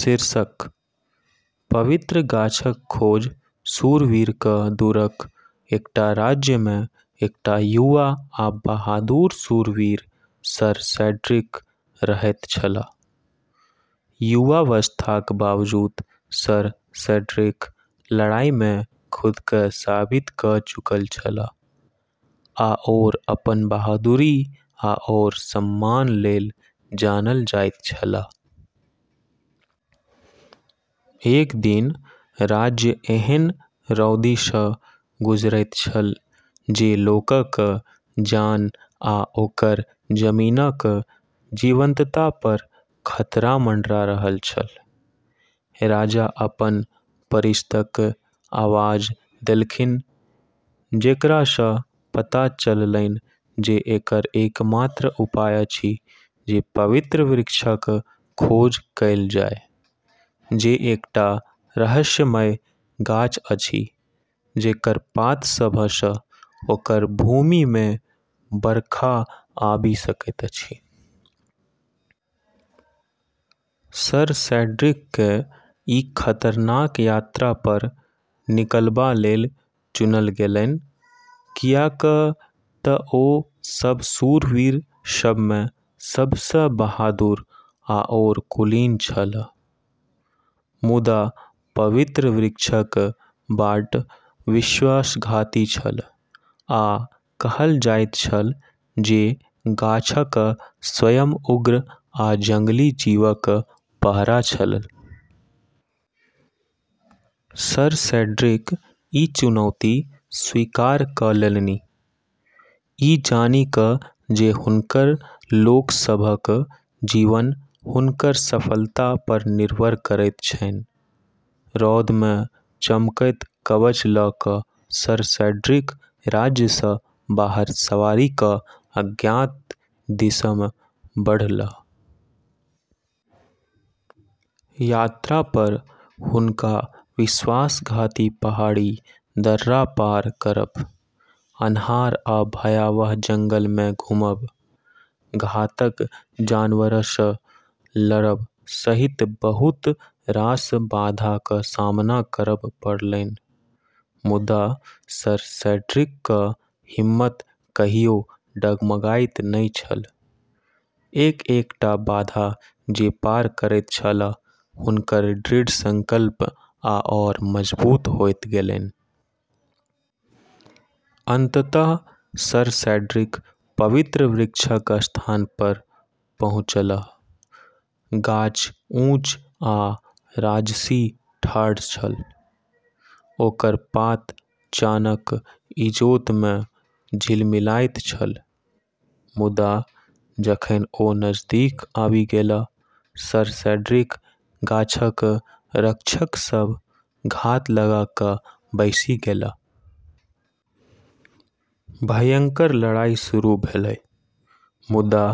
शीर्षक: पवित्र गाछक खोज शूरवीरक दूरक एकटा राज्यमे एकटा युवा आ बहादुर शूरवीर सर सेड्रिक रहैत छलाह। युवावस्थाक बावजूद सर सेड्रिक लड़ाईमे खुदकेँ साबित कऽ चुकल छलाह आओर अपन बहादुरी आओर सम्मान लेल जानल जाइत छलाह। एक दिन राज्य एहेन रौदीसँ गुजरैत छल जे लोकक जान आ ओकर जमीनक जीवंतता पर खतरा मंडरा रहल छल। राजा अपन परिषदकेँ आवाज देलथिन, जेकरासँ पता चललैन जे एकर एकमात्र उपाय अछि जे पवित्र वृक्षक खोज कएल जाय, जे एकटा रहस्यमय गाछ अछि, जेकर पात सभसँ ओकर भूमिमे बरखा आबि सकैत अछि। सर सेड्रिककेँ ई खतरनाक यात्रा पर निकलबा लेल चुनल गेलैन, कियाक तँ ओ सभ शूरवीर सभमे सबसँ बहादुर आओर कुलीन छलाह। मुदा पवित्र वृक्षक बाट विश्वासघाती छल, आ कहल जाइत छल जे गाछक स्वयं उग्र आ जंगली जीवक पहरा छल। सर सेड्रिक ई चुनौती स्वीकार कऽ लेलनि, ई जानि कऽ जे हुनकर लोक सभक जीवन हुनकर सफलता पर निर्भर करैत छैन। रौदमे चमकैत कवच लऽ कऽ सर सेड्रिक राज्यसँ बाहर सवारी कऽ अज्ञात दिस बढ़लाह। यात्रा पर हुनका विश्वासघाती पहाड़ी दर्रा पार करब, अन्हार आ भयावह जंगलमे घुमब, घातक जनावरसँ लड़ब सहित बहुत रास बाधाक सामना करब पड़लैन। मुदा सर सेड्रिकक हिम्मत कहियो डगमगाइत नहि छल। एक-एकटा बाधा जे पार करैत छलाह, हुनकर दृढ़ संकल्प आओर मजबूत होइत गेलैन। अंततः सर सेड्रिक पवित्र वृक्षक स्थान पर पहुँचलाह। गाछ ऊँच आ राजसी ठाढ़ छल, ओकर पात चानक इजोतमे झिलमिलाइत छल। मुदा जखन ओ नजदीक आबि गेलाह, सर सेड्रिक गाछक रक्षक सभ घात लगा कऽ बैसि गेलाह। भयंकर लड़ाई शुरू भेलै, मुदा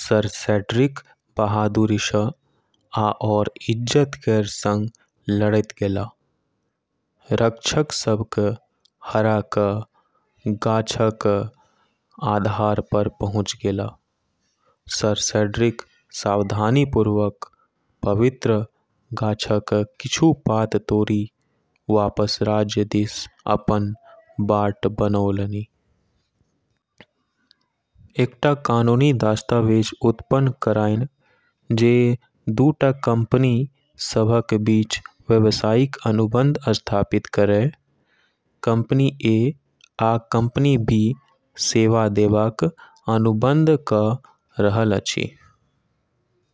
सर सेड्रिक बहादुरीसँ आओर इज्जत केर संग लड़ैत गेलाह, रक्षक सभकेँ हरा कऽ गाछक आधार पर पहुँची गेलाह। सर सेड्रिक सावधानीपूर्वक पवित्र गाछक किछु पात तोड़ि वापस राज्य दिस अपन बाट बनौलनि। एकटा कानूनी दस्तावेज उत्पन्न करनाइ जे दूटा कंपनी सभक बीच व्यावसायिक अनुबंध स्थापित करय। कंपनी ए आ कंपनी बी सेवा देबाक अनुबंध कऽ रहल अछि।